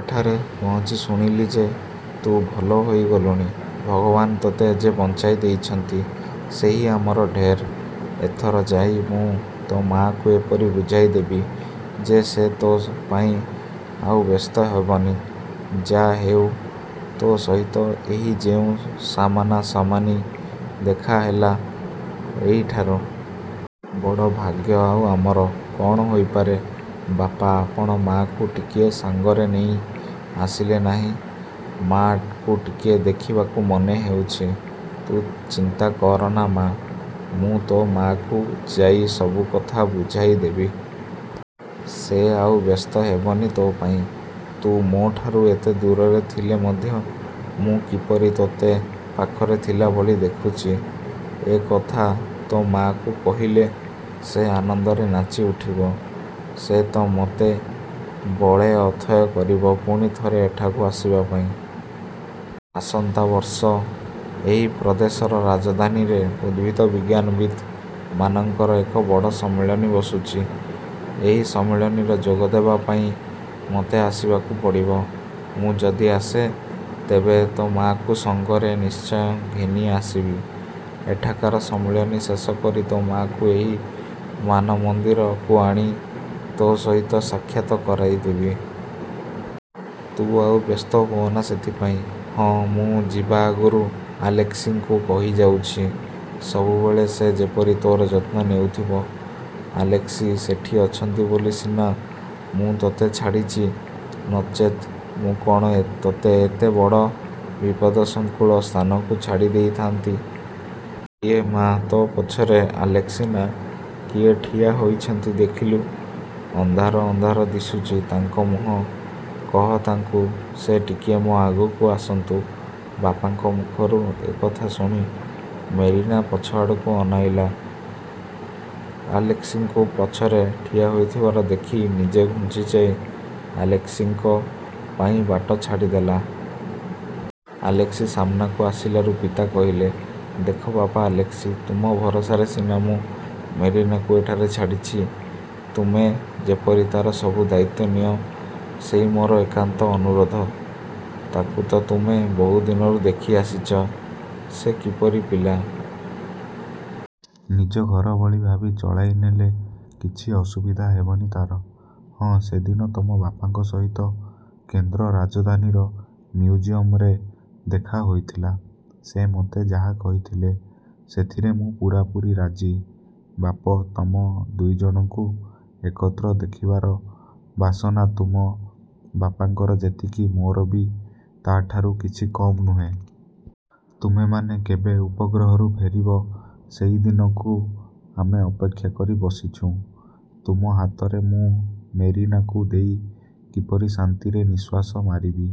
ଏଠାରେ ପହଞ୍ଚି ଶୁଣିଲି ଯେ ତୁ ଭଲ ହୋଇଗଲୁଣି। ଭଗବାନ ତୋତେ ଯେ ବଞ୍ଚାଇ ଦେଇଛନ୍ତି, ସେହି ଆମର ଢେର୍-। ଏଥର ଯାଇ ମୁଁ ତୋ' ମା'କୁ ଏପରି ବୁଝାଇ ଦେବି ଯେ ସେ ତୋ' ପାଇଁ ଆଉ ବ୍ୟସ୍ତ ହେବନି। ଯା' ହେଉ ତୋ ସହିତ ଏହି ଯେଉଁ ସାମନାସାମନି ଦେଖାହେଲା, ଏହାଠାରୁ। ବଡ଼ ଭାଗ୍ୟ ଆଉ ଆମର କ'ଣ ହୋଇପାରେ। '' ''ବାପା, ଆପଣ ମା'କୁ ଟିକିଏ ସଙ୍ଗରେ ନେଇ ଆସିଲେ ନାହିଁ? ମା'କୁ ଟିକିଏ ଦେଖିବାକୁ ମନ ହେଉଛି। '' ''ତୁ ଚିନ୍ତା କରନା ମା! ମୁଁ ତୋ ମା'କୁ ଯାଇ ସବୁ କଥା ବୁଝାଇ ଦେବି। ସେ ଆଉ ବ୍ୟସ୍ତ ହେବନି ତୋ ପାଇଁ। ତୁ ମୋ'ଠାରୁ ଏତେ ଦୂରରେ ଥିଲେ ମଧ୍ୟ ମୁଁ କିପରି ତୋତେ ପାଖରେ ଥିଲା ଭଳି ଦେଖୁଛି, ଏ କଥା ତୋ ମା'କୁ କହିଲେ ସେ ଆନନ୍ଦରେ ନାଚି ଉଠିବ। ସେ ତ ମୋତେ ବଳେ ଅଥୟ କରିବ ପୁଣି ଥରେ ଏଠାକୁ ଆସିବା ପାଇଁ। ଆସନ୍ତା ବର୍ଷ ଏହି ପ୍ରଦେଶର ରାଜଧାନୀରେ ଉଦ୍ଭିଦବିଜ୍ଞାନବିତ୍ ମାନଙ୍କର ଏକ ବଡ଼ ସମ୍ମିଳନୀ ବସୁଛି। ଏହି ସମ୍ମିଳନୀର ଯୋଗଦେବା ପାଇଁ ମୋତେ ଆସିବାକୁ ପଡ଼ିବ। ମୁଁ ଯଦି ଆସେ, ତେବେ ତୋ ମା'କୁ ସଙ୍ଗରେ ନିଶ୍ଚୟ ଘେନି ଆସିବି। ଏଠାକାର ସମ୍ମିଳନୀ ଶେଷ କରି ତୋ ମା'କୁ ଏହି ମାନମନ୍ଦିରକୁ ଆଣି ତୋ ସହିତ ସାକ୍ଷାତ୍ କରାଇଦେବି। ତୁ ଆଉ ବ୍ୟସ୍ତ ହୁଅନା ସେଥିପାଇଁ। ହଁ, ମୁଁ ଯିବାଆଗରୁ ଆଲେସ୍କିଙ୍କୁ କହିଯାଉଛି, ସବୁବେଳେ ସେ ଯେପରି ତୋର ଯତ୍ନ ନେଉଥିବ। ଆଲେସ୍କି ସେଠି ଅଛନ୍ତି ବୋଲି ସିନା ମୁଁ ତୋତେ ଛାଡ଼ିଛି; ନଚେତ୍ ମୁଁ କ'ଣ ତୋତେ ଏତେ ବଡ଼ ବିପଦସଂକୁଳ ସ୍ଥାନକୁ ଛାଡ଼ି ଦେଇଥାନ୍ତି। କିଏ ମା, ତୋ ପଛରେ ଆଲେସ୍କି ନା କିଏ ଠିଆ ହୋଇଛନ୍ତି ଦେଖିଲୁ। ଅନ୍ଧାର ଅନ୍ଧାର ଦିଶୁଛି ତାଙ୍କ ମୁହଁ। କହ ତାଙ୍କୁ, ସେ ଟିକିଏ ମୋ ଆଗକୁ ଆସନ୍ତୁ। '' ବାପାଙ୍କ ମୁଖରୁ ଏକଥା ଶୁଣି ମେରିନା ପଛଆଡ଼କୁ ଅନାଇଲା। ଆଲେସ୍କିଙ୍କୁ ପଛରେ ଠିଆହୋଇଥିବାର ଦେଖି ନିଜେ ଘୁଞ୍ଚିଯାଇ ଆଲେସ୍କିଙ୍କ ପାଇଁ ବାଟ ଛାଡ଼ିଦେଲା। ଆଲେସ୍କି ସାମନାକୁ ଆସିଲାରୁ ପିତା କହିଲେ, ''ଦେଖ ବାପା ଆଲେସ୍କି, ତୁମ ଭରସାରେ ସିନା ମୁଁ ମେରିନାକୁ ଏଠାରେ ଛାଡ଼ିଛି। ତୁମେ ଯେପରି ତାର ସବୁ ଦାୟିତ୍ୱ ନିଅ, ସେଇ ମୋର ଏକାନ୍ତ ଅନୁରୋଧ। ତାକୁ ତ ତୁମେ ବହୁ ଦିନରୁ ଦେଖିଆସିଛ, ସେ କିପରି ପିଲା। ନିଜ ଘର ଭଳି ଭାବି ଚଳାଇନେଲେ କିଛି ଅସୁବିଧା ହେବନି ତାର। ହଁ, ସେଦିନ ତମ ବାପାଙ୍କ ସହିତ କେନ୍ଦ୍ର ରାଜଧାନୀର ମିଉଜିଅମ୍ରେ ଦେଖାହୋଇଥିଲା। ସେ ମୋତେ ଯାହା କହିଥିଲେ, ସେଥିରେ ମୁଁ ପୂରାପୂରି ରାଜି ବାପ! ତମ ଦୁଇଜଣଙ୍କୁ ଏକତ୍ର ଦେଖିବାର ବାସନା ତୁମ ବାପାଙ୍କର ଯେତିକି, ମୋର ବି ତାଠାରୁ କିଛି କମ୍ ନୁହେଁ। ତୁମେମାନେ କେବେ ଉପଗ୍ରହରୁ ଫେରିବ ସେଇ ଦିନଟିକୁ ଆମେ ଅପେକ୍ଷା କରି ବସିଛୁଁ। ତୁମ ହାତରେ ମୁଁ ମେରିନାକୁ ଦେଇ କିପରି ଶାନ୍ତିରେ ନିଃଶ୍ୱାସ ମାରିବି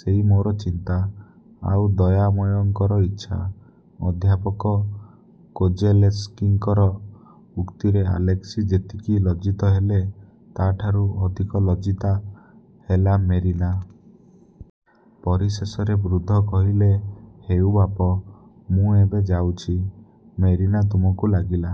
ସେଇ ମୋର ଚିନ୍ତା। ହେଉ, ଦୟାମୟଙ୍କର ଇଚ୍ଛା। '' ଅଧ୍ୟାପକ କୋଜେଲେସ୍କିଙ୍କର ଉକ୍ତିରେ ଆଲେସ୍କି ଯେତିକି ଲଜ୍ଜିତ ହେଲେ, ତାଠାରୁ ଅଧିକ ଲଜ୍ଜିତା ହେଲା ମେରିନା। ପରିଶେଷରେ ବୃଦ୍ଧ କହିଲେ, ''ହେଉ ବାପ, ମୁଁ ଏବେ ଯାଉଛି। ମେରିନା ତୁମକୁ ଲାଗିଲା।